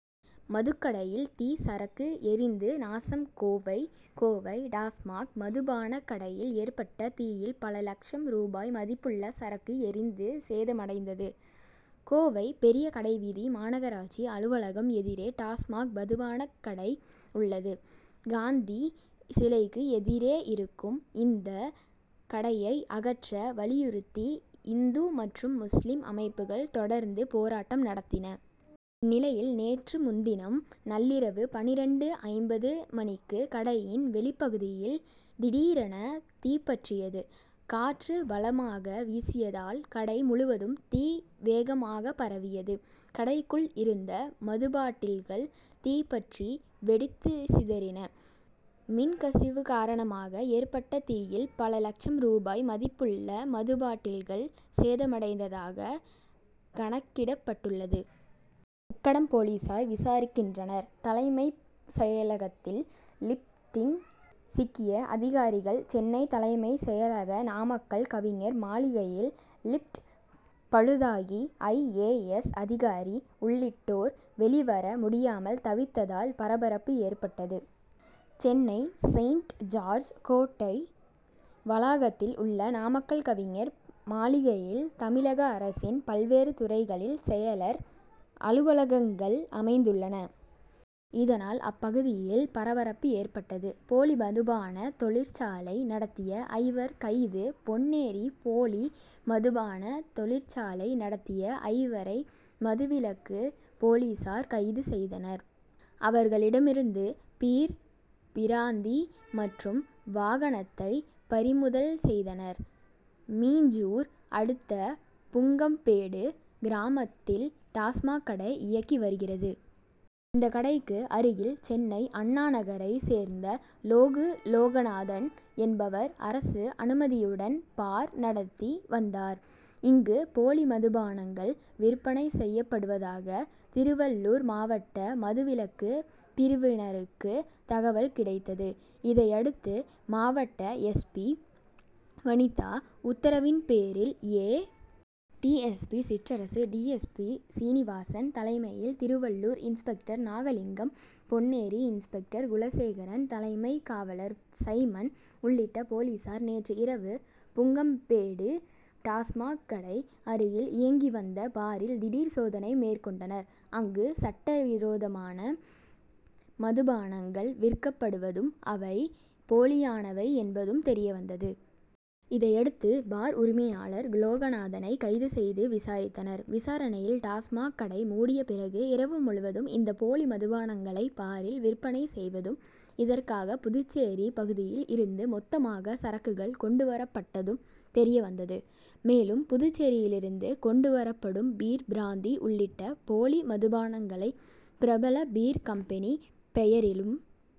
மதுக்கடையில் தீ சரக்கு எரிந்து நாசம் கோவை கோவை டாஸ்மாக் மதுபானக் கடையில் ஏற்பட்ட தீயில் பல லட்சம் ரூபாய் மதிப்புள்ள சரக்கு எரிந்து சேதமடைந்தது. கோவை பெரிய கடைவீதி மாநகராட்சி அலுவலகம் எதிரே டாஸ்மாக் மதுபானக் கடை உள்ளது. காந்தி சிலைக்கு எதிரே இருக்கும் இந்த கடையை அகற்ற வலியுறுத்தி இந்து மற்றும் முஸ்லிம் அமைப்புகள் தொடர்ந்து போராட்டம் நடத்தின. இந்நிலையில் நேற்று முன்தினம் நள்ளிரவு பன்னிரண்டு ஐம்பது மணிக்கு கடையின் வெளிப்பகுதியில் திடீரென தீப்பற்றியது. காற்று பலமாக வீசியதால் கடை முழுவதும் தீ வேகமாக பரவியது. கடைக்குள் இருந்த மதுபாட்டில்கள் தீப்பற்றி வெடித்துச்சிதறின. மின்கசிவு காரணமாக ஏற்பட்ட தீயில் பல லட்சம் ரூபாய் மதிப்புள்ள மதுபாட்டில்கள் சேதமடைந்ததாக கணக்கிடப் பட்டுள்ளது. உக்கடம் போலீசார் விசாரிக்கின்றனர். தலைமைச் செயலகத்தில் லிப்டில் சிக்கிய அதிகாரிகள் சென்னை தலைமைச் செயலக நாமக்கல் கவிஞர் மாளிகையில் லிப்ட் பழுதாகி ஐ. ஏ. எஸ். அதிகாரி உள்ளிட்டோர் வெளிவர முடியாமல் தவித்ததால் பரபரப்பு ஏற்பட்டது. சென்னை செயின்ட் ஜார்ஜ் கோட்டை வளாகத்தில் உள்ள நாமக்கல் கவிஞர் மாளிகையில் தமிழக அரசின் பல்வேறு துறைகளின் செயலர் அலுவலகங்கள் அமைந்துள்ளன. இதனால் அப்பகுதியில் பரபரப்பு ஏற்பட்டது. போலி மதுபான தொழிற்சாலை நடத்திய ஐவர் கைது பொன்னேரி போலி மதுபான தொழிற்சாலை நடத்திய ஐவரை மதுவிலக்கு போலீசார் கைது செய்தனர். அவர்களிடமிருந்து பீர் பிராந்தி மற்றும் வாகனத்தை பறிமுதல் செய்தனர். மீஞ்சூர் அடுத்த புங்கம்பேடு கிராமத்தில் டாஸ்மாக் கடை இயங்கி வருகிறது. இந்த கடைக்கு அருகில் சென்னை அண்ணா நகரை சேர்ந்த லோகு லோகநாதன் என்பவர் அரசு அனுமதியுடன் பார் நடத்தி வந்தார். இங்கு போலி மதுபானங்கள் விற்பனை செய்யப்படுவதாக திருவள்ளூர் மாவட்ட மதுவிலக்கு பிரிவினருக்கு தகவல் கிடைத்தது. இதையடுத்து மாவட்ட எஸ். பி. வனிதா உத்தரவின்பேரில் A. D. S. P. Sitrarasu D. S. P. Srinivasan தலைமையில் திருவள்ளூர் இன்ஸ்பெக்டர் நாகலிங்கம் பொன்னேரி இன்ஸ்பெக்டர் குலசேகரன் தலைமை காவலர் சைமன் உள்ளிட்ட போலீசார் நேற்று இரவு புங்கம்பேடு டாஸ்மாக் கடை அருகில் இயங்கி வந்த பாரில் திடீர் சோதனை மேற்கொண்டனர். அங்கு சட்டவிரோதமான மதுபானங்கள் விற்கப்படுவதும் அவை போலியானவை என்பதும் தெரியவந்தது. இதையடுத்து பார் உரிமையாளர் லோகநாதனை கைது செய்து விசாரித்தனர். விசாரணையில் டாஸ்மாக் கடை மூடிய பிறகு இரவு முழுவதும் இந்த போலி மாதுபானங்களை பாரில் விற்பனை செய்வதும் இதற்காக புதுச்சேரி பகுதியில் இருந்து மொத்தமாக சரக்குகள் கொண்டுவரப்பட்டதும் தெரியவந்தது. மேலும் புதுச்சேரியிலிருந்து கொண்டுவரப்படும் பீர் பிராந்தி உள்ளிட்ட போலி மதுபானங்களை பிரபல பீர் கம்பெனி பெயரிலும்.